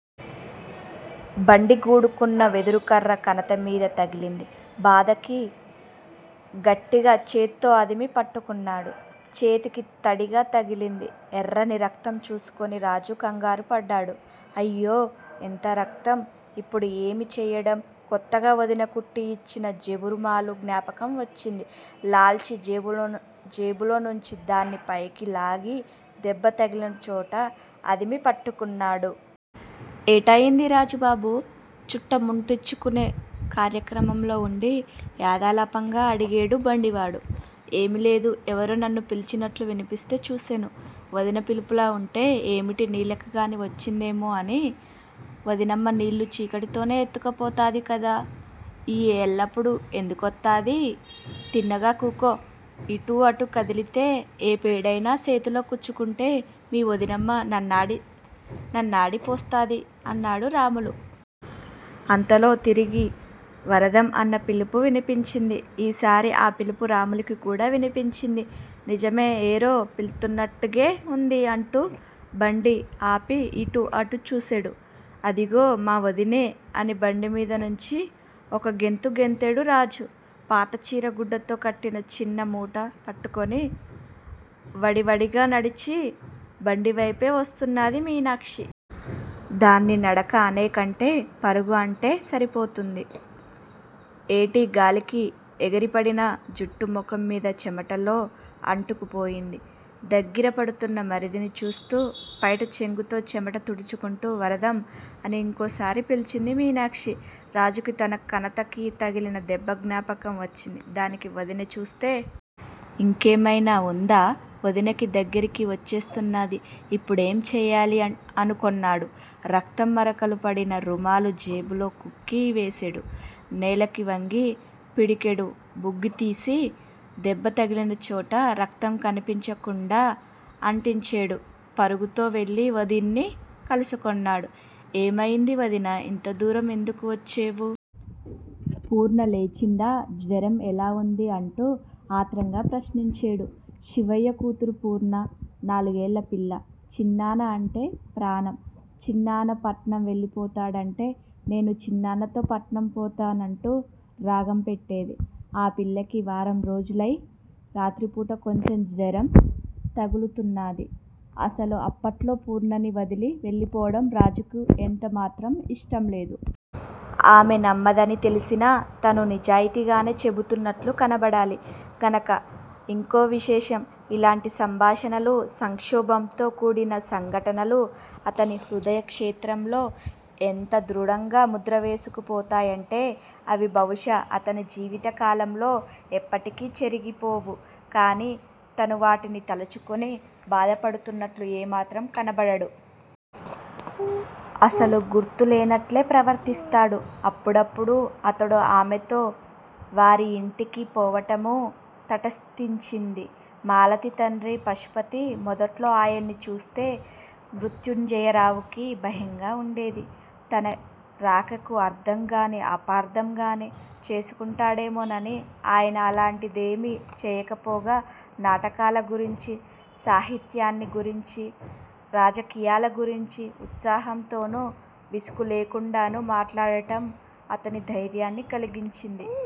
బండిగూడుకున్న వెదురుకర్ర కణతమీద తగిలింది. బాధకి గట్టిగా చేత్తో అదిమి పట్టుకున్నాడు. చేతికి తడిగా తగిలింది. ఎర్రని రక్తం చూసుకొని రాజు కంగారుపడ్డాడు. 'అయ్యో, ఎంత రక్తం! ఇప్పుడు ఏమి చెయ్యడం? ' కొత్తగా వదిన కుట్టి ఇచ్చిన జేబురుమాలు జ్ఞాపకం వచ్చింది. లాల్చీ జేబులోనుంచి దాన్ని పైకి లాగి దెబ్బ తగిలినచోట అదిమి పట్టుకొన్నాడు. ఏటయింది, రాజుబాబూ? చుట్ట ముట్టించుకొనే కార్యక్రమంలో ఉండి యాదాలాపంగా అడిగేడు బండివాడు. ఏమీలేదు. ఎవరో నన్ను పిలిచినట్లు వినిపిస్తే చూసేను. వదిన పిలుపులా ఉంటే ఏమిటి నీళ్ళకికాని వచ్చిందేమో అని వదినమ్మ నీళ్ళు చీకటితోనే ఎత్తుకుపోతది కదా! ఈ ఏలప్పుడు ఎందుకొత్తాది? తిన్నగా కూకో. ఇటు అటు కదిలితే ఏ పేడయినా సేతిలో గుచ్చుకొంటే మీ వదినమ్మ నన్నాడిపోస్తాది అన్నాడు రాములు. అంతలో తిరిగి 'వరదం' అన్న పిలుపు వినిపించింది. ఈసారి ఆ పిలుపు రాములుకి కూడా వినిపించింది. నిజమే, ఏరో పిలుత్తున్నట్టగే ఉంది అంటూ బండి ఆపి ఇటు అటు చూసేడు. అదిగో, మా వదినే! అని బండిమీదనించి ఒక్కగెంతు గెంతేడు రాజు. పాత చీరగుడ్డతో కట్టిన చిన్న మూట పట్టుకొని వడివడిగా నడిచి బండివైపే వస్తున్నాది మీనాక్షి. దాన్ని నడక అనేకంటే పరుగు అంటే సరిపోతుంది. ఏటిగాలికి ఎగిరిపడిన జుట్టు ముఖంమీద చెమటలో అంటుకు పోయింది. దగ్గిరపడుతున్న మరిదిని చూస్తూ పైటచెంగుతో చెమట తుడుచుకుంటూ వరదం! అని ఇంకోసారి పిలిచింది మీనాక్షి. రాజుకి తన కణతకి తగిలిన దెబ్బ జ్ఞాపకం వచ్చింది. 'దానిని వదిన చూస్తే? ఇంకేమైనా ఉందా? వదిన దగ్గిరికి వచ్చేస్తున్నాది. ఇప్పుడేం చెయ్యాలి? ' అనుకొన్నాడు. రక్తం మరకలు పడిన రుమాలు జేబులో కుక్కి వేసేడు. నేలకి వంగి పిడికెడు బుగ్గితీసి దెబ్బతగిలినచోట రక్తం కనిపించకుండా అంటించేడు. పరుగుతో వెళ్ళి వదిన్ని కలుసుకొన్నాడు. ఏమయింది, వదినా! ఇంతదూరం ఎందుకు వచ్చేవు? పూర్ణలేచిందా? జ్వరం ఎలా ఉంది? అంటూ ఆత్రంగా ప్రశ్నించేడు. శివయ్య కూతురు పూర్ణ. నాలుగేళ్ళ పిల్ల. చిన్నాన్న అంటే ప్రాణం. చిన్నాన్న పట్నం వెళ్ళిపోతాడంటే 'నేనూ చిన్నాన్నతో పట్నం పోతా'నంటూ రాగం పెట్టేది. ఆ పిల్లకి వారంరోజులై రాత్రిపూట కొంచెం జ్వరం తగులుతున్నాది. అసలు అప్పట్లో పూర్ణని వదిలి వెళ్ళిపోవడం రాజుకి యెంతమాత్రం ఇష్టంలేదు. ఆమె నమ్మదని తెలిసినా, తను నిజాయితీగానే చెబుతున్నట్లు కనబడాలి గనక. ఇంకో విశేషం. ఇలాంటి సంభాషణలు, సంక్షోభంతో కూడిన సంఘటనలూ అతని హృదయక్షేత్రంలో ఎంత దృఢంగా ముద్రవేసుకుపోతాయంటే, అవి బహుశా అతని జీవితకాలంలో ఎప్పటికీ చెరిగిపోవు. కాని తను వాటిని తలచుకుని బాధపడుతున్నట్లు ఏమాత్రం కనబడడు. అసలు గుర్తులేనట్లే ప్రవర్తిస్తాడు. అప్పుడప్పుడు అతడు ఆమెతో వారియింటికి పోవటమూ తటస్థించింది. మాలతి తండ్రి పశుపతి, మొదట్లో ఆయన్ని చూస్తే మృత్యుంజయరావుకి భయంగా వుండేది. తన రాకకు అర్ధంగానీ, అపార్థంగానీ చేసుకుంటాడేమోనని. ఆయన అలాంటిదేమీ చేయకపోగా నాటకాలగురించీ, సాహిత్యాన్ని గురించీ, రాజకీయాలగురించీ ఉత్సాహంతోనూ, విసుగులేకుండానూ మాట్లాడటం అతనికి ధైర్యాన్ని కలిగించింది.